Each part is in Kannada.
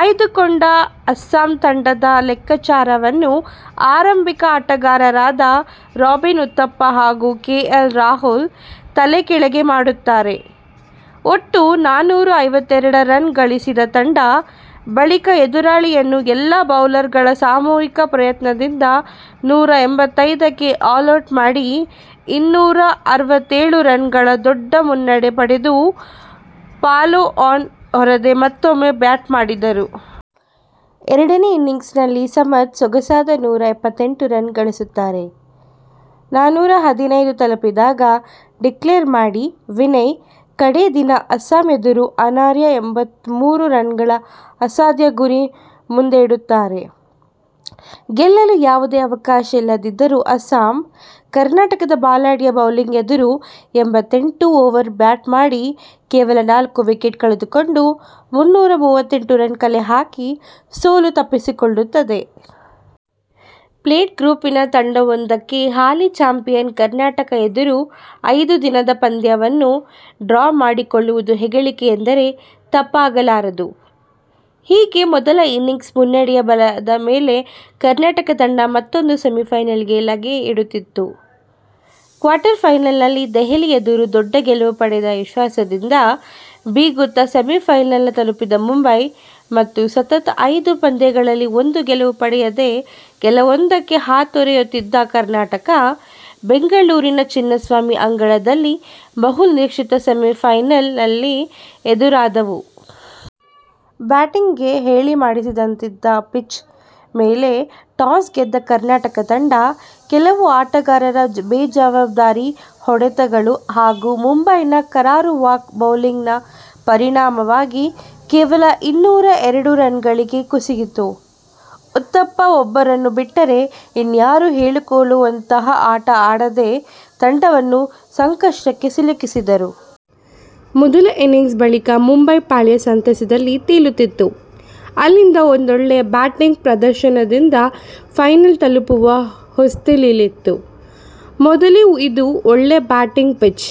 ಆಯ್ದುಕೊಂಡ ಅಸ್ಸಾಮ್ ತಂಡದ ಲೆಕ್ಕಾಚಾರವನ್ನು ಆರಂಬಿಕ ಆಟಗಾರರಾದ ರಾಬಿನ್ ಉತ್ತಪ್ಪ ಹಾಗೂ ಕೆ. ಎಲ್. ರಾಹುಲ್ ತಲೆಕೆಳಗೆ ಮಾಡುತ್ತಾರೆ. ಒಟ್ಟು ನಾನೂರ ಐವತ್ತೆರಡು ರನ್ ಗಳಿಸಿದ ತಂಡ ಬಳಿಕ ಎದುರಾಳಿಯನ್ನು ಎಲ್ಲಾ ಬೌಲರ್ ಗಳ ಸಾಮೂಹಿಕ ಪ್ರಯತ್ನದಿಂದ ನೂರ ಎಂಭತ್ತೈದಕ್ಕೆ ಆಲೌಟ್ ಮಾಡಿ ಇನ್ನೂರ ಅರವತ್ತೆಳು ರನ್ ಗಳ ದೊಡ್ಡ ಮುನ್ನಡೆ ಪಡೆದು, ಪಾಲೊ-ಆನ್ ಹೇರದೆ ಮತ್ತೊಮ್ಮೆ ಬ್ಯಾಟ್ ಮಾಡುತ್ತದೆ. ಎರಡನೇ ಇನ್ನಿಂಗ್ಸ್ ನಲ್ಲಿ ಸಮರ್ತ್ ಸೊಗಸಾದ ನೂರಾ ಎಪ್ಪತ್ತೆಂಟು ರನ್ ಗಳಿಸುತ್ತಾರೆ. ನಾನೂರ ಹದಿನೈದು ಐದು ತಲುಪಿದಾಗ ಡಿಕ್ಲೇರ್ ಮಾಡಿ ವಿನಯ್ ಕಡೇ ದಿನ ಅಸ್ಸಾಮ್ ಎದುರು ಆರ್ನೂರ ಎಂಭತ್ತ್ ಮೂರು ರನ್ ಗಳ ಅಸಾದ್ಯ ಗುರಿ ಮುಂದಿಡುತ್ತಾರೆ. ಗೆಲ್ಲಲು ಯಾವುದೇ ಅವಕಾಶ ಇಲ್ಲದಿದ್ದರೂ ಅಸ್ಸಾಮ್, ಕರ್ನಾಟಕದ ಬಲಾಡ್ಯ ಬೌಲಿಂಗ್ ಎದುರು ಎಂಭತ್ತೆಂಟು ಓವರ್ ಬ್ಯಾಟ್ ಮಾಡಿ ಕೇವಲ ನಾಲ್ಕು ವಿಕೆಟ್ ಕಳೆದುಕೊಂಡು ಮುನ್ನೂರ ಮೂವತ್ತೆಂಟು ರನ್ ಕಲೆಹಾಕಿ ಸೋಲು ತಪ್ಪಿಸಿಕೊಳ್ಳುತ್ತದೆ. ಪ್ಲೇಟ್ ಗ್ರೂಪ್ ನ ತಂಡವೊಂದಕ್ಕೆ ಹಾಲಿ ಚಾಂಪಿಯನ್ ಕರ್ನಾಟಕ ಎದುರು ಐದು ದಿನದ ಪಂದ್ಯವನ್ನು ಡ್ರಾ ಮಾಡಿಕೊಳ್ಳುವುದು ಹೆಗ್ಗಳಿಕೆ ಎಂದರೆ ತಪ್ಪಾಗಲಾರದು. ಹೀಗೆ ಮೊದಲ ಇನ್ನಿಂಗ್ಸ್ ಮುನ್ನಡೆಯ ಬಲದ ಮೇಲೆ ಕರ್ನಾಟಕ ತಂಡ ಮತ್ತೊಂದು ಸೆಮಿಪೈನಲ್ ಗೆ ಲಗ್ಗೆ ಇಡುತ್ತದೆ. ಕ್ವಾರ್ಟರ್ ಪೈನಲ್ ನಲ್ಲಿ ದೆಹಲಿ ಎದುರು ದೊಡ್ಡ ಗೆಲುವು ಪಡೆದು ವಿಶ್ವಾಸದಿಂದ ಬೀಗುತ್ತಾ ಸೆಮಿಪೈನಲ್ ತಲುಪಿದ್ದ ಮುಂಬೈ ಮತ್ತು ಸತತ ಐದು ಪಂದ್ಯಗಳಲ್ಲಿ ಒಂದೂ ಗೆಲುವು ಪಡೆಯದೆ ಗೆಲುವೊಂದಕ್ಕೆ ಹಾತೊರೆಯುತ್ತಿದ್ದ ಕರ್ನಾಟಕ, ಬೆಂಗಳೂರಿನ ಚಿನ್ನಸ್ವಾಮಿ ಅಂಗಳದಲ್ಲಿ ಬಹು ನಿರೀಕ್ಶಿತ ಸೆಮಿಪೈನಲ್ ನಲ್ಲಿ ಎದುರಾದವು. ಬ್ಯಾಟಿಂಗ್ ಗೆ ಹೇಳಿ ಮಾಡಿಸಿದಂತಿದ್ದ ಪಿಚ್ ಮೇಲೆ ಟಾಸ್ ಗೆದ್ದ ಕರ್ನಾಟಕ ತಂಡ, ಕೆಲವು ಆಟಗಾರರ ಬೇಜವಾಬ್ದಾರಿ ಹೊಡೆತಗಳು ಹಾಗೂ ಮುಂಬೈನ ಕರಾರುವಾಕ್ ಬೌಲಿಂಗ್ ನ ಪರಿಣಾಮವಾಗಿ ಕೇವಲ ಇನ್ನೂರ ಎರಡು ರನ್ ಗಳಿಗೆ ಕುಸಿಯಿತು. ಉತ್ತಪ್ಪ ಒಬ್ಬರನ್ನು ಬಿಟ್ಟರೆ ಇನ್ಯಾರೂ ಹೇಳಿಕೊಳ್ಳುವಂತಹ ಆಟ ಆಡದೆ ತಂಡವನ್ನು ಸಂಕಶ್ಟಕ್ಕೆ ಸಿಲುಕಿಸಿದರು. ಮೊದಲ ಇನ್ನಿಂಗ್ಸ್ ಬಳಿಕ ಮುಂಬೈ ಪಾಳಯ ಸಂತಸದಲ್ಲಿ ತೇಲುತ್ತಿತ್ತು. ಅಲ್ಲಿಂದ ಒಂದೊಳ್ಳೆ ಬ್ಯಾಟಿಂಗ್ ಪ್ರದರ್ಶನದಿಂದ ಪೈನಲ್ ತಲುಪುವ ಹೊಸ್ತಿಲಲ್ಲಿತ್ತು. "ಮೊದಲೇ ಇದು ಒಳ್ಳೆ ಬ್ಯಾಟಿಂಗ್ ಪಿಚ್.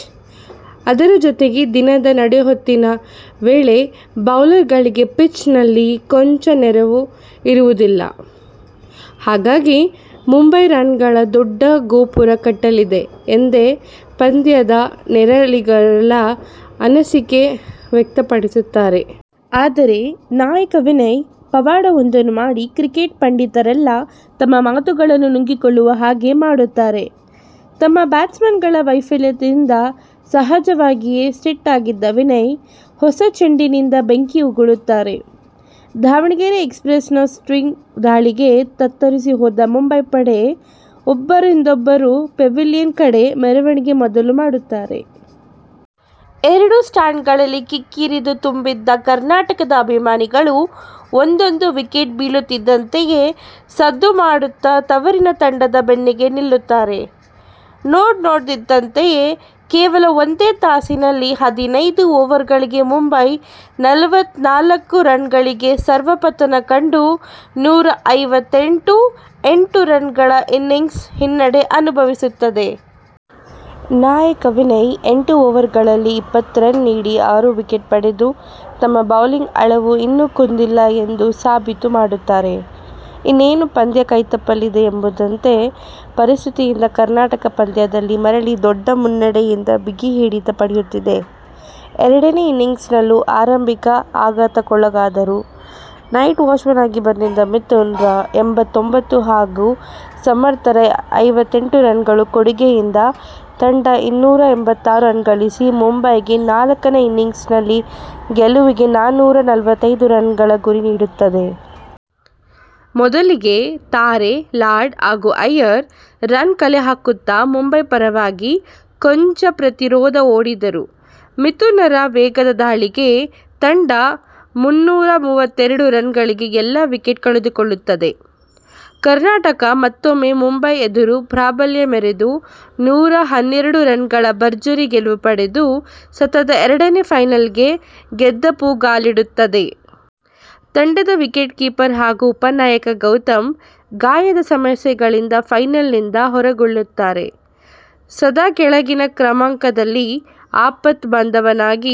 ಅದರ ಜೊತೆಗೆ ದಿನದ ನಡುಹೊತ್ತಿನ ವೇಳೆಬೌಲರ್ ಗಳಿಗೆ ಪಿಚ್ ನಲ್ಲಿ ಕೊಂಚ ನೆರವೂ ಇರುವುದಿಲ್ಲ. ಹಾಗಾಗಿ ಮುಂಬೈ ರನ್ ಗಳ ದೊಡ್ಡ ಗೋಪುರ ಕಟ್ಟಲಿದೆ" ಎಂದೇ ಪಂದ್ಯದ ನೇರುಲಿಗರೆಲ್ಲಾ ಅನಿಸಿಕೆ ವ್ಯಕ್ತ ಪಡಿಸುತ್ತಾರೆ. ಆದರೆ ನಾಯಕ ವಿನಯ್ ಪವಾಡವೊಂದನ್ನು ಮಾಡಿ ಕ್ರಿಕೆಟ್ ಪಂಡಿತರೆಲ್ಲಾ ತಮ್ಮ ಮಾತುಗಳನ್ನು ನುಂಗಿಕೊಳ್ಳುವ ಹಾಗೆ ಮಾಡುತ್ತಾರೆ. ತಮ್ಮ ಬ್ಯಾಟ್ಸ್ಮನ್ ಗಳ ವೈಪಲ್ಯದಿಂದ ಸಹಜವಾಗಿಯೇ ಸಿಟ್ಟಾಗಿದ್ದ ವಿನಯ್, ಹೊಸ ಚೆಂಡಿನಿಂದ ಬೆಂಕಿ ಉಗುಳುತ್ತಾರೆ. ದಾವಣಗೆರೆ ಎಕ್ಸ್ಪ್ರೆಸ್ ನ ಸ್ವಿಂಗ್ ದಾಳಿಗೆ ತತ್ತರಿಸಿ ಹೋದ ಮುಂಬೈ ಪಡೆ ಒಬ್ಬರ ಹಿಂದೊಬ್ಬರು ಪೆವಿಲಿಯನ್ ಕಡೆ ಮೆರವಣಿಗೆ ಮೊದಲುಮಾಡುತ್ತಾರೆ. ಎರಡು ಸ್ಟಾಂಡ್ ಗಳಲ್ಲಿ ಕಿಕ್ಕಿರಿದು ತುಂಬಿದ್ದ ಕರ್ನಾಟಕದ ಅಬಿಮಾನಿಗಳು ಒಂದೊಂದು ವಿಕೆಟ್ ಬೀಳುತ್ತಿದ್ದಂತೆಯೇ ಸದ್ದು ಮಾಡುತ್ತಾ ತವರಿನ ತಂಡದ ಬೆನ್ನಿಗೆ ನಿಲ್ಲುತ್ತಾರೆ. ನೋಡನೋಡುತ್ತಿದಂತೆಯೇ ಕೇವಲ ಒಂದೇ ತಾಸಿನಲ್ಲಿ ಹದಿನೈದು ಓವರ್ ಗಳಿಗೆ ಮುಂಬೈ ನಲವತ್ತ ನಾಲ್ಕು ರನ್ ಗಳಿಗೆ ಸರ್ವಪತನ ಕಂಡು ನೂರ ಐವತ್ತೆಂಟು ಎಂಟು ರನ್ ಗಳ ಇನ್ನಿಂಗ್ಸ್ ಹಿನ್ನಡೆ ಅನುಬವಿಸುತ್ತದೆ. ನಾಯಕ ವಿನಯ್ ಎಂಟು ಓವರ್ ಗಳಲ್ಲಿ ಇಪ್ಪತ್ತು ರನ್ ನೀಡಿ ಆರು ವಿಕೆಟ್ ಪಡೆದು ತಮ್ಮ ಬೌಲಿಂಗ್ ಅಳವು ಇನ್ನೂ ಕುಂದಿಲ್ಲ ಎಂದು ಸಾಬೀತು ಮಾಡುತ್ತಾರೆ. ಇನ್ನೇನು ಪಂದ್ಯ ಕೈತಪ್ಪಲಿದೆ ಎಂಬಂತಿದ್ದ ಪರಿಸ್ತಿತಿಯಿಂದ ಕರ್ನಾಟಕ ಪಂದ್ಯದಲ್ಲಿ ಮರಳಿ ದೊಡ್ಡ ಮುನ್ನಡೆಯಿಂದ ಬಿಗಿ ಹಿಡಿತ ಪಡೆಯುತ್ತದೆ. ಎರಡನೇ ಇನ್ನಿಂಗ್ಸ್ ನಲ್ಲೂ ಆರಂಬಿಕ ಆಗಾತಕ್ಕೊಳಗಾದರೂ ನೈಟ್ ವಾಚ್ಮನ್ ಆಗಿ ಬಂದಿದ್ದ ಮಿತುನ್ ರ ಎಂಭತ್ತೊಂಭತ್ತು ಹಾಗೂ ಸಮರ್ತ್ ರ ಐವತ್ತೆಂಟು ರನ್ ಗಳ ಕೊಡುಗೆಯಿಂದ ತಂಡ ಇನ್ನೂರ ಎಂಭತ್ತಾರು ರನ್ ಗಳಿಸಿ ಮುಂಬೈಗೆ ನಾಲ್ಕನೇ ಇನ್ನಿಂಗ್ಸ್ ನಲ್ಲಿ ಗೆಲುವಿಗೆ ನಾನೂರ ನಲವತ್ತೈದು ರನ್ ಗಳ ಗುರಿ ನೀಡುತ್ತದೆ. ಮೊದಲಿಗೆ ತಾರೆ, ಲಾಡ್ ಹಾಗೂ ಅಯ್ಯರ್ ರನ್ ಕಲೆಹಾಕುತ್ತಾ ಮುಂಬೈ ಪರವಾಗಿ ಕೊಂಚ ಪ್ರತಿರೋದ ಒಡ್ಡಿದರೂ ಮಿತುನ್ ರ ವೇಗದ ದಾಳಿಗೆ ತಂಡ ಮುನ್ನೂರ ಮೂವತ್ತೆರಡು ರನ್ ಗಳಿಗೆ ಎಲ್ಲಾ ವಿಕೆಟ್ ಕಳೆದುಕೊಳ್ಳುತ್ತದೆ. ಕರ್ನಾಟಕ ಮತ್ತೊಮ್ಮೆ ಮುಂಬೈ ಎದುರು ಪ್ರಾಬಲ್ಯ ಮೆರೆದು ನೂರಾ ಹನ್ನೆರಡು ರನ್ ಗಳ ಬರ್ಜರಿ ಗೆಲುವು ಪಡೆದು ಸತತ ಎರಡನೇ ಪೈನಲ್ ಗೆದಾಪುಗಾಲಿಡುತ್ತದೆ. ತಂಡದ ವಿಕೆಟ್ ಕೀಪರ್ ಹಾಗೂ ಉಪನಾಯಕ ಗೌತಮ್ ಗಾಯದ ಸಮಸ್ಯೆಯಿಂದ ಪೈನಲ್ ನಿಂದ ಹೊರಗುಳಿಯುತ್ತಾರೆ. ಸದಾ ಕೆಳಗಿನ ಕ್ರಮಾಂಕದಲ್ಲಿ ಆಪತ್ಬಾಂದವನಾಗಿ